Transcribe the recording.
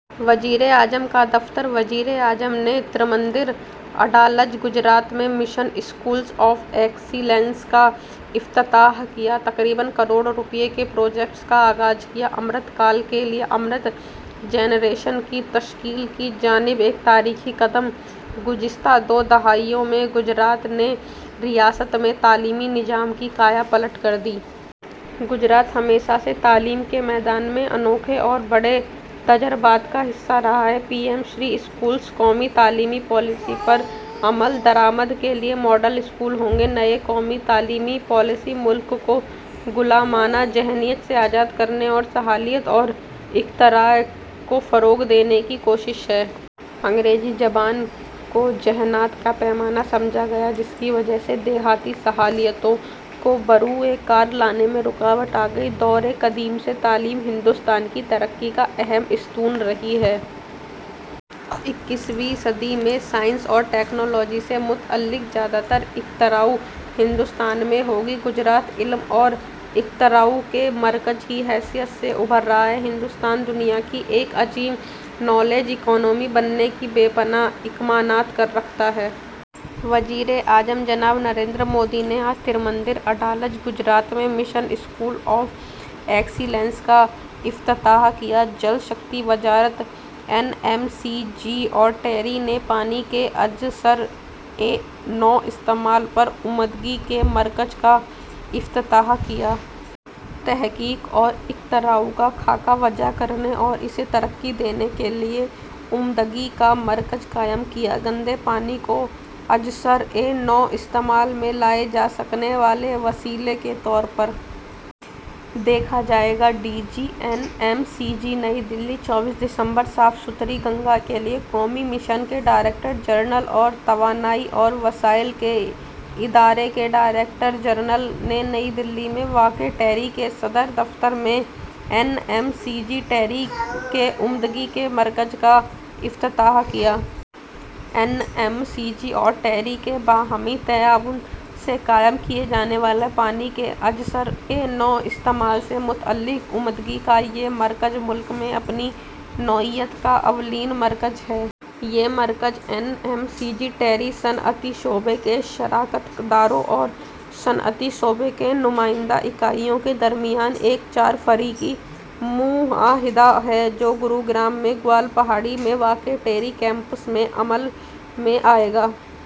وزیراعظم کا دفتر وزیر اعظم نے تری مندر، اڈلج، گجرات میں مشن اسکولز آف ایکسیلنس کا افتتاح کیا۔ تقریباً کروڑ روپے کے پروجیکٹوں کا آغاز کیا۔ امرت کال کے لیے امرت جنریشن کی تشکیل کی جانب ایک تاریخی قدم گزشتہ دو دہائیوں میں گجرات نے ریاست میں تعلیمی نظام کی کایا پلٹ کر دی ہے۔ گجرات ہمیشہ سے تعلیم کے میدان میں انوکھے اور بڑے تجربات کا حصہ رہا ہے۔ پی ایم- شری اسکولز قومی تعلیمی پالیسی پر عمل درآمد کے لیے ماڈل اسکول ہوں گے۔ نئی قومی تعلیمی پالیسی ملک کو غلامانہ ذہنیت سے آزاد کرنے اور صلاحیت اور اختراع کو فروغ دینے کی کوشش ہے۔ انگریزی زبان کو ذہانت کا پیمانہ سمجھا گیا، جس کی وجہ سے دیہی صلاحیتوں کو بروئے کار لانے میں رکاوٹ آگئی۔ دورِ قدیم سے تعلیم ہندوستان کی ترقی کا اہم ستون رہی ہے۔ اکیسویں صدی میں سائنس اور ٹیکنالوجی سے متعلق زیادہ تر اختراع ہندوستان میں ہوگی۔ گجرات علم اور اختراع کے مرکز کی حیثیت سے ابھر رہا ہے۔ ہندوستان دنیا کی ایک عظیم نالج اکانومی بننے کے بے پناہ امکانات رکھتا ہے۔ وزیر اعظم جناب نریندر مودی نے آج تری مندر، اڈلج، گجرات میں مشن اسکول آف ایکسیلنس کا افتتاح کیا۔ جل شکتی وزارت این ایم سی جی اور ٹیری نے پانی کے ازسرِ نو استعمال پر عمدگی کے مرکز کا افتتاح کیا۔ تحقیق و اختراع کا خاکہ وضع کرنے اور اسے ترقی دینے کے لیے عمدگی کا مرکز قائم کیا۔ گندے پانی کو ازسرِ نو استعمال میں لائے جا سکنے والے وسیلے کے طور پر دیکھا جائے گا: D G, N M C G نئی دہلی، چوبیس دسمبر: صاف ستھری گنگا کے لیے قومی مشن کے ڈائریکٹر جنرل اور توانائی اور وسائل کے ادارے کے ڈائریکٹر جنرل نے نئی دہلی میں واقع ٹیری کے صدر دفاتر میں این ایم سی جی-ٹیری کے عمدگی کے مرکز کا افتتاح کیا۔ این ایم سی جی اور ٹیری کے باہمی تعاون سے قائم کیا جانے والا پانی کے ازسرِ نو استعمال سے متعلق عمدگی کا یہ مرکز ملک میں اپنی نوعیت کا اولین مرکز ہے۔ یہ مرکز N M C G, TERI, صنعتی شعبے کے شراکت داروں اور صنعتی شعبے کی نمائندہ اکائیوں کے درمیان ایک چار فریقی معاہدہ ہے، جو گروگرام میں گوال پہاڑی میں واقع ٹیری کیمپس میں عمل میں آئے گا۔